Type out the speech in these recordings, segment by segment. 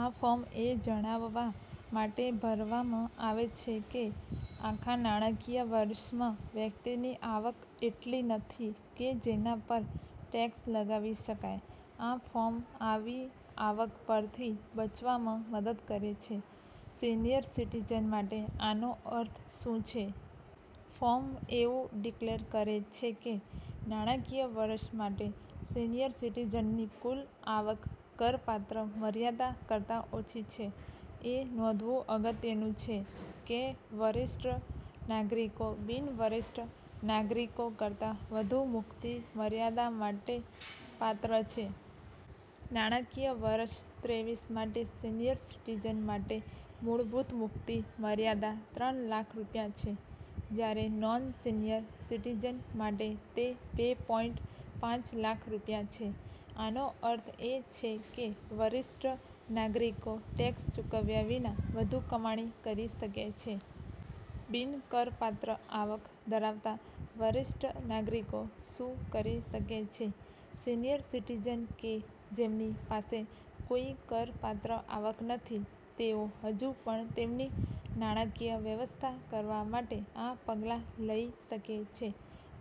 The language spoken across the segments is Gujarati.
આ ફોર્મ એ જણાવવા માટે ભરવામાં આવે છે કે આખા નાણાકીય વર્ષમાં વ્યક્તિની આવક એટલી નથી કે જેના પર ટેક્સ લગાવી શકાય. આ ફોર્મ આવી આવક પર થી બચવામાં મદદ કરે છે. સિનિયર સિટીઝન માટે આનો અર્થ શું છે? ફોર્મ એવું ડિક્લેર કરે છે કે નાણાકીય વર્ષ માટે સિનિયર સિટીઝનની કુલ આવક કરપાત્ર મર્યાદા કરતાં ઓછી છે. એ નોંધવું અગત્યનું છે કે વરિષ્ઠ નાગરિકો બિન-વરિષ્ઠ નાગરિકો કરતાં વધુ મુક્તિ મર્યાદા માટે પાત્ર છે. નાણાકીય વર્ષ ત્રેવીસ માટે, સિનિયર સિટીઝન માટે મૂળભૂત મુક્તિ મર્યાદા ત્રણ લાખ રૂપિયા છે, જ્યારે નોન-સિનિયર સિટીઝન માટે તે બે પોઈંટ પાંચ લાખ રૂપિયા છે. આનો અર્થ એ છે કે વરિષ્ઠ નાગરિકો ટેક્સ ચૂકવ્યા વિના વધુ કમાણી કરી શકે છે. બિન-કરપાત્ર આવક ધરાવતા વરિષ્ઠ નાગરિકો શું કરી શકે છે? સિનિયર સિટીઝન કે જેમની પાસે કોઈ કરપાત્ર આવક નથી તેઓ હજુ પણ તેમની નાણાકીય વ્યવસ્થા કરવા માટે આ પગલાં લઈ શકે છે.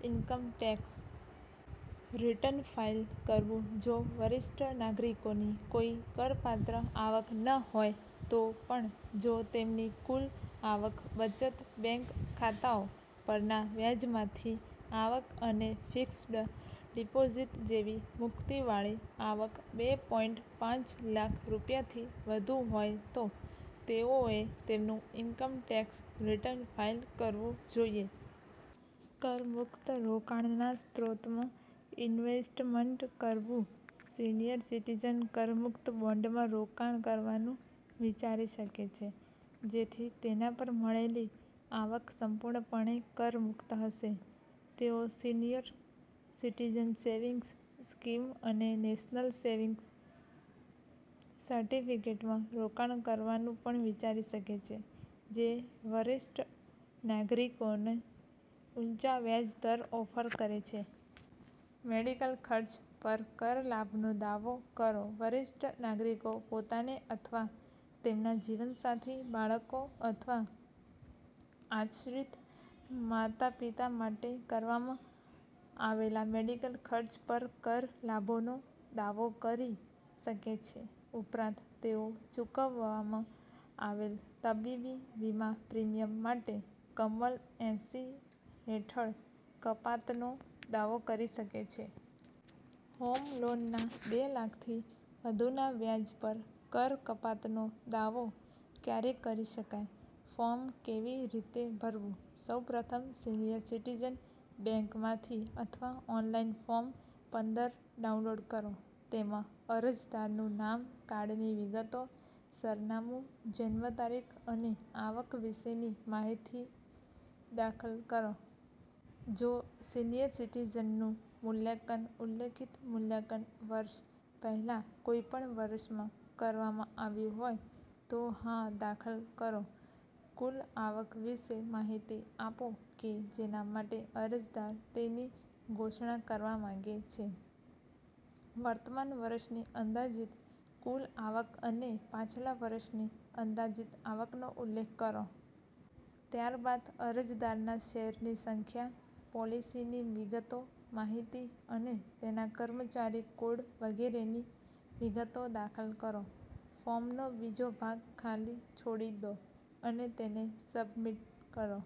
ઇન્કમ ટેક્સ રિટર્ન ફાઈલ કરવું જો વરિષ્ઠ નાગરિકોની કોઈ કરપાત્ર આવક ન હોય તો પણ, જો તેમની કુલ આવક, બચત બેંક ખાતાઓ પરના વ્યાજમાંથી આવક અને ફિક્સ્ડ ડિપોઝિટ જેવી મુક્તિવાળી આવક બે પોઈંટ પાંચ લાખ રૂપિયાથી વધુ હોય તો તેઓએ તેમનું ઈન્કમ ટેક્સ રિટર્ન ફાઈલ કરવું જોઈએ. કરમુક્ત રોકાણના સ્ત્રોતમાં ઇન્વેસ્ટમંન્ટ કરવું, સિનિયર સિટીઝન કરમુક્ત બોન્ડમાં રોકાણ કરવાનું વિચારી શકે છે. જેથી તેના પર મળેલી આવક સંપૂર્ણપણે કરમુક્ત હશે. તેઓ સિનિયર સિટિઝન સેવિંગ્સ સ્કીમ અને નેશનલ સેવિંગ્સ સર્ટિફિકેટમાં રોકાણ કરવાનું પણ વિચારી શકે છે, જે વરિષ્ઠ નાગરિકોને ઊંચા વ્યાજ દર ઓફર કરે છે. મેડિકલ ખર્ચ પર કરલાભનો દાવો કરો. વરિષ્ઠ નાગરિકો પોતાને અથવા તેમના જીવનસાથી, બાળકો અથવા આશ્રિત માતાપિતા માટે કરવામાં આવેલા મેડિકલ ખર્ચ પર કર લાભોનો દાવો કરી શકે છે. ઉપરાંત, તેઓ ચૂકવવામાં આવેલ તબીબી વીમા પ્રીમિયમ માટે કલમ એંસી હેઠળ કપાતનો દાવો કરી શકે છે. હોમ લોનના બે લાખથી વધુના વ્યાજ પર કર કપાતનો દાવો ક્યારે કરી શકાય, ફોર્મ કેવી રીતે ભરવું? સૌપ્રથમ સિનિયર સિટીઝન બેંકમાંથી અથવા ઓનલાઈન ફોર્મ પંદર ડાઉનલોડ કરો. તેમાં અરજદારનું નામ, કાર્ડની વિગતો, સરનામું, જન્મ તારીખ અને આવક વિશેની માહિતી દાખલ કરો. જો સિનિયરસિટીઝનનું મૂલ્યાંકન ઉલ્લેખિત મૂલ્યાંકન વર્ષ પહેલા કોઈપણ વર્ષમાં કરવામાં આવ્યું હોય તો 'હા' દાખલ કરો. કુલ આવક વિશે માહિતી આપો કે જેના માટે અરજદાર તેની ઘોષણા કરવા માંગે છે. વર્તમાન વર્ષની અંદાજિત કુલ આવક અને પાછલા વર્ષની અંદાજિત આવકનો ઉલ્લેખ કરો. ત્યારબાદ અરજદારના શેરની સંખ્યા, પોલિસીની વિગતો, માહિતી અને તેના કર્મચારી કોડ વગેરેની વિગતો દાખલ કરો. ફોર્મનો બીજો ભાગ ખાલી છોડી દો અને તેને સબમિટ કરો.